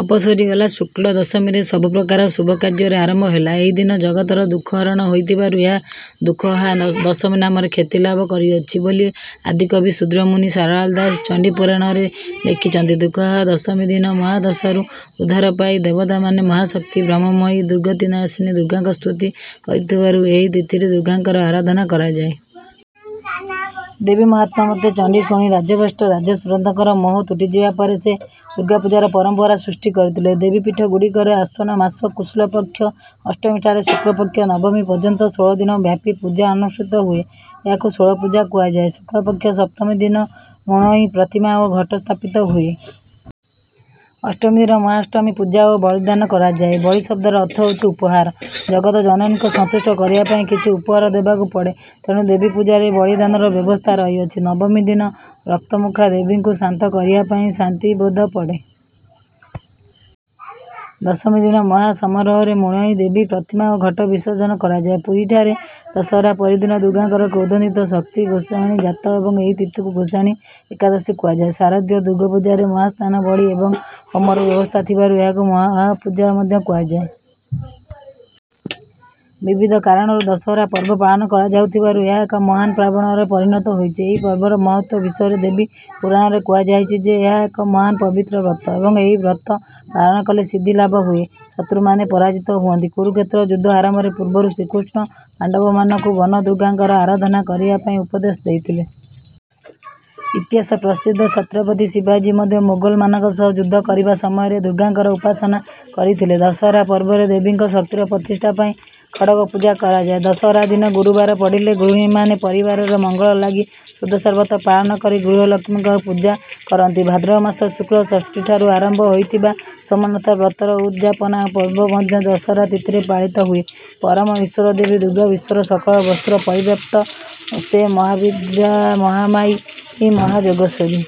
ଅପସରି ଗଲା ଶୁକ୍ଳ ଦଶମୀରେ ସବୁପ୍ରକାର ଶୁଭକାର୍ଯ୍ୟର ଆରମ୍ଭ ହେଲା। ଏହିଦିନ ଜଗତର ଦୁଃଖ ହରଣ ହୋଇଥିବାରୁ ଏହା ଦୁଃଖହା ଦଶମୀ ନାମରେ ଖ୍ୟାତି ଲାଭ କରିଅଛି ବୋଲି ଆଦିକବି ଶୂଦ୍ରମୁନି ସାରଳା ଦାସ ଚଣ୍ଡୀପୁରାଣରେ ଲେଖିଛନ୍ତି। ଦୁଃଖହା ଦଶମୀ ଦିନ ମହାଦଶାରୁ ଉଦ୍ଧାର ପାଇ ଦେବତାମାନେ ମହାଶକ୍ତି ବ୍ରହ୍ମମୟୀ ଦୁର୍ଗତିନାଶିନୀ ଦୁର୍ଗାଙ୍କୁ ସ୍ତୁତି କରିଥିବାରୁ ଏହି ତିଥିରେ ଦୁର୍ଗାଙ୍କର ଆରାଧନା କରାଯାଏ। ଦେବୀ ମାହାତ୍ମ୍ୟ ମତେ ଚଣ୍ଡୀ ଶୁଣି ରାଜ୍ୟଭ୍ରଷ୍ଟ ରାଜା ସୁରଥଙ୍କର ମୋହ ତୁଟିଯିବା ପରେ ସେ ଦୁର୍ଗାପୂଜାର ପରମ୍ପରା ସୃଷ୍ଟି କରିଥିଲେ। ଦେବୀପୀଠଗୁଡ଼ିକରେ ଆଶ୍ୱିନ ମାସ କୃଷ୍ଣପକ୍ଷ ଅଷ୍ଟମୀଠାରୁ ଶୁକ୍ଳପକ୍ଷ ନବମୀ ପର୍ଯ୍ୟନ୍ତ ଷୋଳଦିନ ବ୍ୟାପୀ ପୂଜା ଅନୁଷ୍ଠିତ ହୁଏ। ଏହାକୁ ଷୋଳପୂଜା କୁହାଯାଏ। ଶୁକ୍ଳପକ୍ଷ ସପ୍ତମୀ ଦିନ ମୃଣ୍ମୟୀ ପ୍ରତିମା ଓ ଘଟ ସ୍ଥାପିତ ହୁଏ। ଅଷ୍ଟମୀଦିନ ମହାଷ୍ଟମୀ ପୂଜା ଓ ବଳିଦାନ କରାଯାଏ। ବଳି ଶବ୍ଦର ଅର୍ଥ ହେଉଛି ଉପହାର। ଜଗତଜନନୀଙ୍କୁ ସନ୍ତୁଷ୍ଟ କରିବା ପାଇଁ କିଛି ଉପହାର ଦେବାକୁ ପଡେ। ତେଣୁ ଦେବୀପୂଜାରେ ବଳିଦାନର ବ୍ୟବସ୍ଥା ରହିଅଛି ନବମୀ ଦିନ ରକ୍ତମୁଖା ଦେବୀଙ୍କୁ ଶାନ୍ତ କରିବା ପାଇଁ ଶାନ୍ତି ବୋଦା ପଡେ। ଦଶମୀ ଦିନ ମହା ସମାରୋହରେ ମୃଣ୍ମୟୀ ଦେବୀ ପ୍ରତିମା ଓ ଘଟ ବିସର୍ଜନ କରାଯାଏ ପୁରୀଠାରେ ଦଶହରା ପରଦିନ ଦୁର୍ଗାଙ୍କର କ୍ରୋଧାନ୍ୱିତା ଶକ୍ତି ଗୋସାଣୀ ଯାତ ଏବଂ ଏହି ତିଥିକୁ ଗୋସାଣୀ ଏକାଦଶୀ କୁହାଯାଏ ଶାରଦୀୟ ଦୁର୍ଗାପୂଜାରେ ମହାସ୍ନାନ ବଳି ଏବଂ ହୋମର ବ୍ୟବସ୍ଥା ଥିବାରୁ ଏହାକୁ ମହାପୂଜା ମଧ୍ୟ କୁହାଯାଏ। ବିବିଧ କାରଣରୁ ଦଶହରା ପର୍ବ ପାଳନ କରାଯାଉଥିବାରୁ ଏହା ଏକ ମହାନ ପାର୍ବଣରେ ପରିଣତ ହୋଇଅଛି। ଏହି ପର୍ବର ମହତ୍ତ୍ୱ ବିଷୟରେ ଦେବୀ ପୁରାଣରେ କୁହାଯାଇଛି ଯେ ଏହା ଏକ ମହାନ ପବିତ୍ର ବ୍ରତ ଏବଂ ଏହି ବ୍ରତ ପାଳନ କଲେ ସିଦ୍ଧି ଲାଭ ହୁଏ ଓ ଶତ୍ରୁମାନେ ପରାଜିତ ହୁଅନ୍ତି କୁରୁକ୍ଷେତ୍ର ଯୁଦ୍ଧ ଆରମ୍ଭର ପୂର୍ବରୁ ଶ୍ରୀକୃଷ୍ଣ ପାଣ୍ଡବମାନଙ୍କୁ ବନଦୁର୍ଗାଙ୍କର ଆରାଧନା କରିବା ପାଇଁ ଉପଦେଶ ଦେଇଥିଲେ। ଇତିହାସ ପ୍ରସିଦ୍ଧ ଛତ୍ରପତି ଶିବାଜୀ ମଧ୍ୟ ମୋଗଲମାନଙ୍କ ସହ ଯୁଦ୍ଧ କରିବା ସମୟରେ ଦୁର୍ଗାଙ୍କର ଉପାସନା କରିଥିଲେ ଦଶହରା ପର୍ବରେ ଦେବୀଙ୍କ ଶକ୍ତିର ପ୍ରତିଷ୍ଠା ପାଇଁ ଖଡ଼ଗ ପୂଜା କରାଯାଏ ଦଶହରା ଦିନ ଗୁରୁବାର ପଡ଼ିଲେ ଗୃହିଣୀମାନେ ପରିବାରର ମଙ୍ଗଳ ଲାଗି ସୁଦଶାବ୍ରତ ପାଳନ କରି ଗୃହଲକ୍ଷ୍ମୀଙ୍କ ପୂଜା କରନ୍ତି ଭାଦ୍ରବ ମାସ ଶୁକ୍ଳ ଷଷ୍ଠୀଠାରୁ ଆରମ୍ଭ ହୋଇଥିବା ସୋମନାଥ ବ୍ରତର ଉଦ୍ ଯାପନ ପର୍ବ ମଧ୍ୟ ଦଶହରା ତିଥିରେ ପାଳିତ ହୁଏ ପରମ ଈଶ୍ୱରୀ ଦେବୀ ଦୁର୍ଗା ବିଶ୍ୱର ସକଳ ବସ୍ତୁରେ ପରିବ୍ୟାପ୍ତ ସେ ମହାବିଦ୍ୟା ମହାମାୟା ମହାଯୋଗେଶ୍ୱରୀ।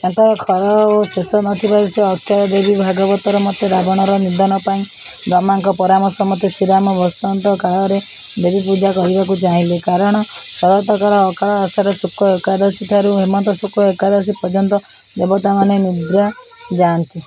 ତାଙ୍କର କ୍ଷର ବା ଶେଷ ନଥିବାରୁ ସେ ଅକ୍ଷରା ଦେବୀ ଭାଗବତର ମତେ ରାବଣର ନିଧନ ପାଇଁ ବ୍ରହ୍ମାଙ୍କ ପରାମର୍ଶ ମତେ ଶ୍ରୀରାମ ବସନ୍ତ କାଳରେ ଦେବୀପୂଜା କରିବାକୁ ଚାହିଁଲେ। କାରଣ ଶରତକାଳ ଅକାଳ ଆଷାଢ଼ ଶୁକ୍ଳ ଏକାଦଶୀ ଠାରୁ ହେମନ୍ତ ଶୁକ୍ଳ ଏକାଦଶୀ ପର୍ଯ୍ୟନ୍ତ ଦେବତାମାନେ ନିଦ୍ରା ଯାଆନ୍ତି।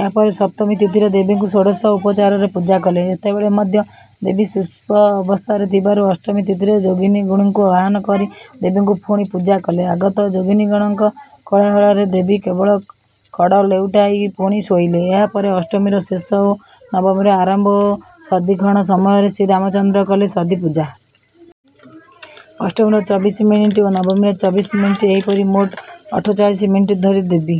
ଏହାପରେ ସପ୍ତମୀ ତିଥିରେ ଦେବୀଙ୍କୁ ଷୋଡ଼ଶ ଉପଚାରରେ ପୂଜା କଲେ। ସେତେବେଳେ ମଧ୍ୟ ଦେବୀ ସୁପ୍ତ ଅବସ୍ଥାରେ ଥିବାରୁ ଅଷ୍ଟମୀ ତିଥିରେ ଯୋଗିନୀଗଣଙ୍କୁ ଆହ୍ୱାନ କରି ଦେବୀଙ୍କୁ ପୁଣି ପୂଜା କଲେ। ଆଗତ ଯୋଗିନୀଗଣଙ୍କ କୋଳାହଳରେ ଦେବୀ କେବଳ କଡ଼ ଲେଉଟାଇ ପୁଣି ଶୋଇଲେ। ଏହା ପରେ ଅଷ୍ଟମୀର ଶେଷ ଓ ନବମୀର ଆରମ୍ଭ ବା ସନ୍ଧିକ୍ଷଣ ସମୟରେ ଶ୍ରୀରାମଚନ୍ଦ୍ର କଲେ ସନ୍ଧିପୂଜା। ଅଷ୍ଟମୀର ଚବିଶ ମିନଟ ଓ ନବମୀର ଚବିଶ ମିନଟ ଏହିପରି ମୋଟ ଅଠଚାଳିଶ ମିନଟ ଧରି ଦେବୀ